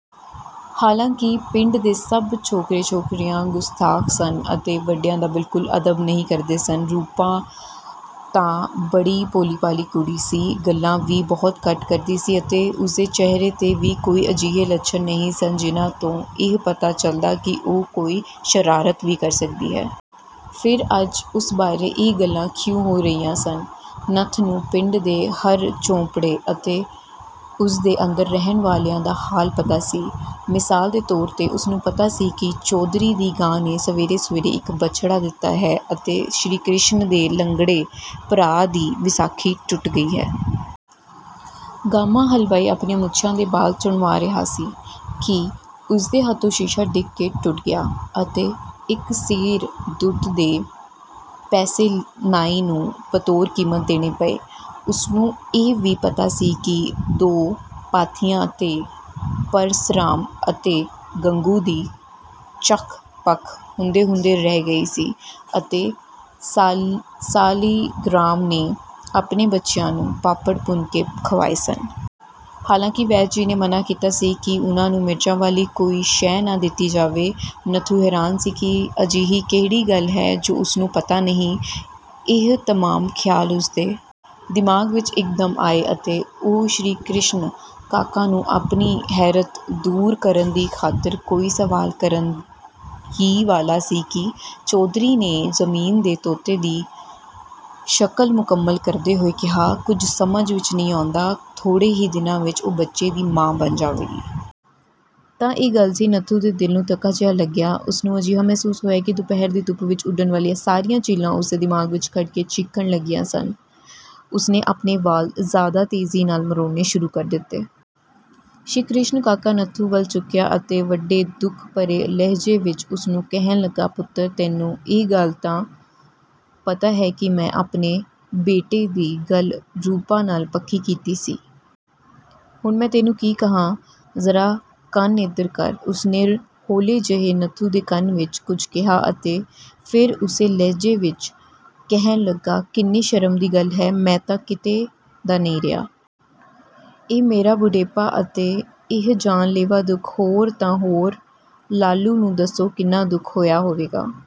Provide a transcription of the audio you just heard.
ਹਾਲਾਂਕਿ ਪਿੰਡ ਦੇ ਸਭ ਛੋਕਰੇ-ਛੋਕਰੀਆਂ ਗੁਸਤਾਖ਼ ਸਨ ਅਤੇ ਵੱਡਿਆਂ ਦਾ ਬਿਲਕੁਲ ਅਦਬ ਨਹੀਂ ਕਰਦੇ ਸਨ। ਰੂਪਾ ਤਾਂ ਬੜੀ ਭੋਲੀ-ਭਾਲੀ ਕੁੜੀ ਸੀ। ਗੱਲਾਂ ਵੀ ਬਹੁਤ ਘੱਟ ਕਰਦੀ ਸੀ ਅਤੇ ਉਸਦੇ ਚਿਹਰੇ 'ਤੇ ਵੀ ਕੋਈ ਅਜਿਹੇ ਲੱਛਣ ਨਹੀਂ ਸਨ ਜਿਨ੍ਹਾਂ ਤੋਂ ਇਹ ਪਤਾ ਚੱਲਦਾ ਕਿ ਉਹ ਕੋਈ ਸ਼ਰਾਰਤ ਵੀ ਕਰ ਸਕਦੀ ਹੈ। ਫਿਰ ਅੱਜ ਉਸ ਬਾਰੇ ਇਹ ਗੱਲਾਂ ਕਿਉਂ ਹੋ ਰਹੀਆਂ ਸਨ। ਨੱਥੂ ਨੂੰ ਪਿੰਡ ਦੇ ਹਰ ਝੋਂਪੜੇ ਅਤੇ ਉਸਦੇ ਅੰਦਰ ਰਹਿਣ ਵਾਲਿਆਂ ਦਾ ਹਾਲ ਪਤਾ ਸੀ। ਮਿਸਾਲ ਦੇ ਤੌਰ 'ਤੇ ਉਸਨੂੰ ਪਤਾ ਸੀ ਕਿ ਚੌਧਰੀ ਦੀ ਗਾਂ ਨੇ ਸਵੇਰੇ-ਸਵੇਰੇ ਇੱਕ ਬਛੜਾ ਦਿੱਤਾ ਹੈ ਅਤੇ ਸ੍ਰੀ ਕਿਸ਼ਨ ਦੇ ਲੰਗੜੇ ਭਰਾ ਦੀ ਵਿਸਾਖੀ ਟੁੱਟ ਗਈ ਹੈ। ਗਾਮਾ ਹਲਵਾਈ ਆਪਣੀਆਂ ਮੁੱਛਾਂ ਦੇ ਵਾਲ਼ ਚੁਣਵਾ ਰਿਹਾ ਸੀ ਕਿ ਉਸਦੇ ਹੱਥੋਂ ਸ਼ੀਸ਼ਾ ਡਿੱਗ ਕੇ ਟੁੱਟ ਗਿਆ ਅਤੇ ਇੱਕ ਸੇਰ ਦੁੱਧ ਦੇ ਪੈਸੇ ਨਾਈ ਨੂੰ ਬਤੌਰ ਕੀਮਤ ਦੇਣੇ ਪਏ। ਉਸਨੂੰ ਇਹ ਵੀ ਪਤਾ ਸੀ ਕਿ ਦੋ ਪਾਥੀਆਂ 'ਤੇ ਪਰਸਰਾਮ ਅਤੇ ਗੰਗੂ ਦੀ ਚਖ਼-ਪਖ਼ ਹੁੰਦੇ-ਹੁੰਦੇ ਰਹਿ ਗਈ ਸੀ ਅਤੇ ਸਾਲਿਗਰਾਮ ਨੇ ਆਪਣੇ ਬੱਚਿਆਂ ਨੂੰ ਪਾਪੜ ਭੁੰਨ ਕੇ ਖਵਾਏ ਸਨ। ਹਾਲਾਂਕਿ ਵੈਦ ਜੀ ਨੇ ਮਨ੍ਹਾ ਕੀਤਾ ਸੀ ਕਿ ਉਨ੍ਹਾਂ ਨੂੰ ਮਿਰਚਾਂ ਵਾਲੀ ਕੋਈ ਸ਼ੈ ਨਾ ਦਿੱਤੀ ਜਾਵੇ। ਨੱਥੂ ਹੈਰਾਨ ਸੀ ਕਿ ਅਜਿਹੀ ਕਿਹੜੀ ਗੱਲ ਹੈ ਜੋ ਉਸਨੂੰ ਪਤਾ ਨਹੀਂ। ਇਹ ਤਮਾਮ ਖਿਆਲ ਉਸਦੇ ਦਿਮਾਗ਼ ਵਿੱਚ ਇੱਕਦਮ ਆਏ ਅਤੇ ਉਹ ਸ੍ਰੀ ਕਿਸ਼ਨ ਕਾਕਾ ਨੂੰ ਆਪਣੀ ਹੈਰਤ ਦੂਰ ਕਰਨ ਦੀ ਖ਼ਾਤਰ ਕੋਈ ਸਵਾਲ ਕਰਨ ਹੀ ਵਾਲਾ ਸੀ ਕਿ ਚੌਧਰੀ ਨੇ ਜ਼ਮੀਨ 'ਤੇ ਤੋਤੇ ਦੀ ਸ਼ਕਲ ਮੁਕੰਮਲ ਕਰਦੇ ਹੋਏ ਕਿਹਾ, "ਕੁੱਝ ਸਮਝ ਵਿੱਚ ਨਹੀਂ ਆਉਂਦਾ ਥੋੜ੍ਹੇ ਹੀ ਦਿਨਾਂ ਵਿੱਚ ਉਹ ਬੱਚੇ ਦੀ ਮਾਂ ਬਣ ਜਾਵੇਗੀ।" ਤਾਂ ਇਹ ਗੱਲ ਸੀ। ਨੱਥੂ ਦੇ ਦਿਲ ਨੂੰ ਧੱਕਾ ਜਿਹਾ ਲੱਗਿਆ। ਉਸਨੂੰ ਅਜਿਹਾ ਮਹਿਸੂਸ ਹੋਇਆ ਕਿ ਦੁਪਹਿਰ ਦੀ ਧੁੱਪ ਵਿੱਚ ਉੱਡਣ ਵਾਲੀਆਂ ਸਾਰੀਆਂ ਚੀਲਾਂ ਉਸਦੇ ਦਿਮਾਗ਼ ਵਿੱਚ ਵੜ ਕੇ ਚੀਖ਼ਣ ਲੱਗੀਆਂ ਹਨ। ਉਸਨੇ ਆਪਣੇ ਵਾਲ਼ ਜ਼ਿਆਦਾ ਤੇਜ਼ੀ ਨਾਲ ਮਰੋੜਨੇ ਸ਼ੁਰੂ ਕਰ ਦਿੱਤੇ। ਸ੍ਰੀ ਕਿਸ਼ਨ ਕਾਕਾ, ਨੱਥੂ ਵੱਲ ਝੁੱਕਿਆ ਅਤੇ ਵੱਡੇ ਦੁੱਖ ਭਰੇ ਲਹਿਜੇ ਵਿੱਚ ਉਸਨੂੰ ਕਹਿਣ ਲੱਗਾ, "ਪੁੱਤਰ ਤੈਨੂੰ ਇਹ ਗੱਲ ਤਾਂ ਪਤਾ ਹੈ ਕਿ ਮੈਂ ਆਪਣੇ ਬੇਟੇ ਦੀ ਗੱਲ ਰੂਪਾ ਨਾਲ ਪੱਕੀ ਕੀਤੀ ਸੀ। ਹੁਣ ਮੈਂ ਤੈਨੂੰ ਕੀ ਕਹਾਂ ਜਰਾ ਕੰਨ ਏਧਰ ਕਰ।" ਉਸਨੇ ਹੌਲੇ ਜਿਹੇ ਨੱਥੂ ਦੇ ਕੰਨ ਵਿੱਚ ਕੁੱਝ ਕਿਹਾ ਅਤੇ ਫਿਰ ਉਸੇ ਲਹਿਜੇ ਵਿੱਚ ਕਹਿਣ ਲੱਗਾ, "ਕਿੰਨੀ ਸ਼ਰਮ ਦੀ ਗੱਲ ਹੈ। ਮੈਂ ਤਾਂ ਕਿਤੇ ਦਾ ਨਹੀਂ ਰਿਹਾ। ਇਹ ਮੇਰਾ ਬੁਢੇਪਾ ਅਤੇ ਇਹ ਜਾਨ-ਲੇਵਾ ਦੁੱਖ, ਹੋਰ ਤਾਂ ਹੋਰ ਲਾਲੂ ਨੂੰ ਦੱਸੋ ਕਿੰਨਾ ਦੁੱਖ ਹੋਇਆ ਹੋਵੇਗਾ"